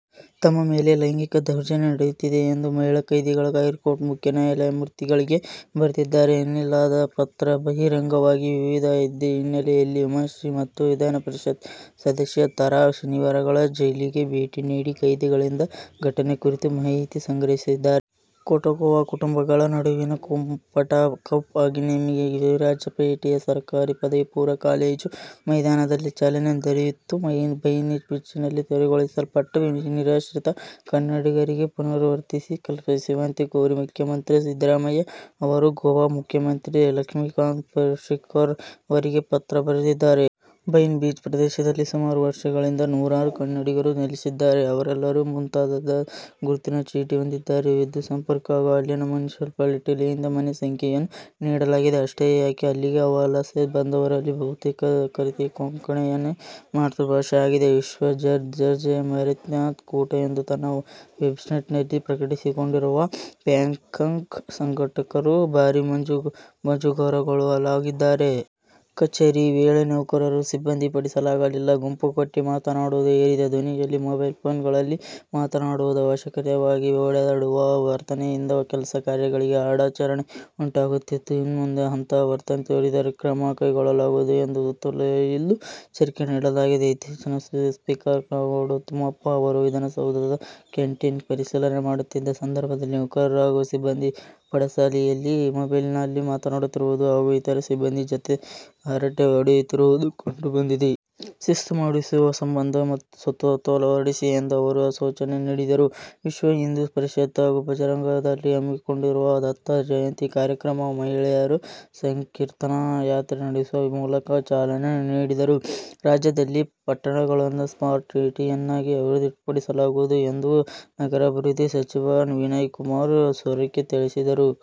ತಮ್ಮ ಮೇಲೆ ಲೈಂಗಿಕ ದೌರ್ಜನ್ಯ ನಡೆಯುತ್ತಿದೆ ಎಂದು ಮಹಿಳಾ ಕೈದಿಗಳು ಹೈಕೋರ್ಟ್ ಮುಖ್ಯ ನ್ಯಾಯಮೂರ್ತಿಗಳಿಗೆ ಬರೆದಿದ್ದಾರೆ ಎನ್ನಲಾದ ಪತ್ರ ಬಹಿರಂಗವಾಗಿ ವಿವಾದ ಎದ್ದ ಹಿನ್ನೆಲೆಯಲ್ಲಿ ಉಮಾಶ್ರೀ ಮತ್ತು ವಿಧಾನ ಪರಿಷತ್ ಸದಸ್ಯೆ ತಾರಾ ಶನಿವಾರ ಜೈಲಿಗೆ ಭೇಟಿ ನೀಡಿ ಕೈದಿಗಳಿಂದ ಘಟನೆ ಕುರಿತು ಮಾಹಿತಿ ಸಂಗ್ರಹಿಸಿದ್ದಾರೆ. ಕೊಡವ ಕುಟುಂಬಗಳ ನಡುವಿನ ಕುಪ್ಪಂಡ ಕಪ್ ಹಾಕಿ ನಮ್ಮೆಗೆ ವಿರಾಜಪೇಟೆಯ ಸರಕಾರಿ ಪದವಿ ಪೂರ್ವ ಕಾಲೇಜು ಮೈದಾನದಲ್ಲಿ ಚಾಲನೆ ದೊರೆಯಿತು. ಬೈನಾ ಬೀಚ್ನಲ್ಲಿ ತೆರವುಗೊಳಿಸಲ್ಪಟ್ಟ ನಿರಾಶ್ರಿತ ಕನ್ನಡಿಗರಿಗೆ ಪುನರ್ವಸತಿ ಕಲ್ಪಿಸುವಂತೆ ಕೋರಿ ಮುಖ್ಯಮಂತ್ರಿ ಸಿದ್ದರಾಮಯ್ಯ ಅವರು ಗೋವಾ ಮುಖ್ಯಮಂತ್ರಿ ಲಕ್ಷ್ಮೀಕಾಂತ್ ಪಾರ್ಶೇಕರ್ ಅವರಿಗೆ ಪತ್ರ ಬರೆದಿದ್ದಾರೆ. ಬೈನಾ ಬೀಚ್ ಪ್ರದೇಶದಲ್ಲಿ ಸುಮಾರು ವರ್ಷಗಳಿಂದ ನೂರಾರು ಕನ್ನಡಿಗರು ನೆಲೆಸಿದ್ದಾರೆ. ಅವರೆಲ್ಲರೂ ಮತದಾರರ ಗುರುತಿನ ಚೀಟಿ ಹೊಂದಿದ್ದಾರೆ. ವಿದ್ಯುತ್ ಸಂಪರ್ಕ ಹಾಗೂ ಅಲ್ಲಿನ ಮುನ್ಸಿಪಾಲಿಟಿಯಿಂದ ಮನೆ ಸಂಖ್ಯೆಯನ್ನೂ ನೀಡಲಾಗಿದೆ. ಅಷ್ಟೇ ಯಾಕೆ, ಅಲ್ಲಿಗೆ ವಲಸೆ ಬಂದವರಲ್ಲಿ ಬಹುತೇಕರಿಗೆ ಕೊಂಕಣಿಯೇ ಮಾತೃಭಾಷೆ ಆಗಿದೆ. ವಿಶ್ವ ದರ್ಜೆಯ ಮ್ಯಾರಥಾನ್ ಕೂಟ ಎಂದು ತನ್ನ ವೆಬ್ಸೈಟ್ನಲ್ಲಿ ಪ್ರಕಟಿಸಿಕೊಂಡಿರುವ ಬ್ಯಾಂಕಾಕ್ ಸಂಘಟಕರು ಭಾರೀ ಮುಜುಗರಕ್ಕೊಳಗಾಗಿದ್ದಾರೆ. ಕಚೇರಿ ವೇಳೆ ನೌಕರರು ಸಿಬ್ಬಂದಿ ಪಡಸಾಲೆಗಳಲ್ಲಿ ಗುಂಪು ಕಟ್ಟಿ ಮಾತನಾಡುವುದು, ಏರಿದ ಧ್ವನಿಯಲ್ಲಿ ಮೊಬೈಲ್ ಫೋನ್ಗಳಲ್ಲಿ ಮಾತನಾಡುವುದು, ಅನವಶ್ಯಕವಾಗಿ ಓಡಾಡುವ ವರ್ತನೆಯಿಂದ ಕೆಲಸ-ಕಾರ್ಯಗಳಿಗೆ ಅಡಚಣೆಯುಂಟಾಗುತ್ತಿದ್ದು, ಇನ್ಮುಂದೆ ಅಂತಹ ವರ್ತನೆ ತೋರಿದರೆ ಕ್ರಮ ಕೈಗೊಳ್ಳಲಾಗುವುದು ಎಂದು ಸುತ್ತೋಲೆಯಲ್ಲಿ ಎಚ್ಚರಿಕೆ ನೀಡಲಾಗಿದೆ. ಇತ್ತೀಚೆಗೆ ಸ್ಪೀಕರ್ ಕಾಗೋಡು ತಿಮ್ಮಪ್ಪ ಅವರು ವಿಧಾನಸೌಧದ ಕ್ಯಾಂಟೀನ್ ಪರಿಶೀಲನೆ ಮಾಡುತ್ತಿದ್ದ ಸಂದರ್ಭದಲ್ಲಿ ನೌಕರರು ಹಾಗೂ ಸಿಬ್ಬಂದಿ ಪಡಸಾಲೆಯಲ್ಲಿ ಮೊಬೈಲ್ನಲ್ಲಿ ಮಾತನಾಡುತ್ತಿರುವುದು ಹಾಗೂ ಇತರೆ ಸಿಬ್ಬಂದಿ ಜತೆ ಹರಟೆ ಹೊಡೆಯುತ್ತಿರುವುದು ಕಂಡು ಬಂದಿತ್ತು. ಶಿಸ್ತು ಮೂಡಿಸುವ ಸಂಬಂಧ ಸುತ್ತೋಲೆ ಹೊರಡಿಸಿ ಎಂದು ಅವರು ಸೂಚನೆ ನೀಡಿದ್ದರು. ವಿಶ್ವ ಹಿಂದೂ ಪರಿಷತ್ ಹಾಗೂ ಬಜರಂಗದಳ ಹಮ್ಮಿಕೊಂಡಿರುವ ದತ್ತ ಜಯಂತಿ ಕಾರ್ಯಕ್ರಮಕ್ಕೆ ಮಹಿಳೆಯರು ಸಂಕೀರ್ತನಾ ಯಾತ್ರೆ ನಡೆಸುವ ಮೂಲಕ ಚಾಲನೆ ನೀಡಿದರು. ರಾಜ್ಯದಲ್ಲಿ ಪಟ್ಟಣಗಳನ್ನು ಸ್ಮಾರ್ಟ್ ಸಿಟಿಯನ್ನಾಗಿ ಅಭಿವೃದ್ಧಿಪಡಿಸಲಾಗುವುದು ಎಂದು ನಗರಾಭಿವೃದ್ಧಿ ಸಚಿವ ವಿನಯ ಕುಮಾರ್ ಸೊರಕೆ ತಿಳಿಸಿದರು.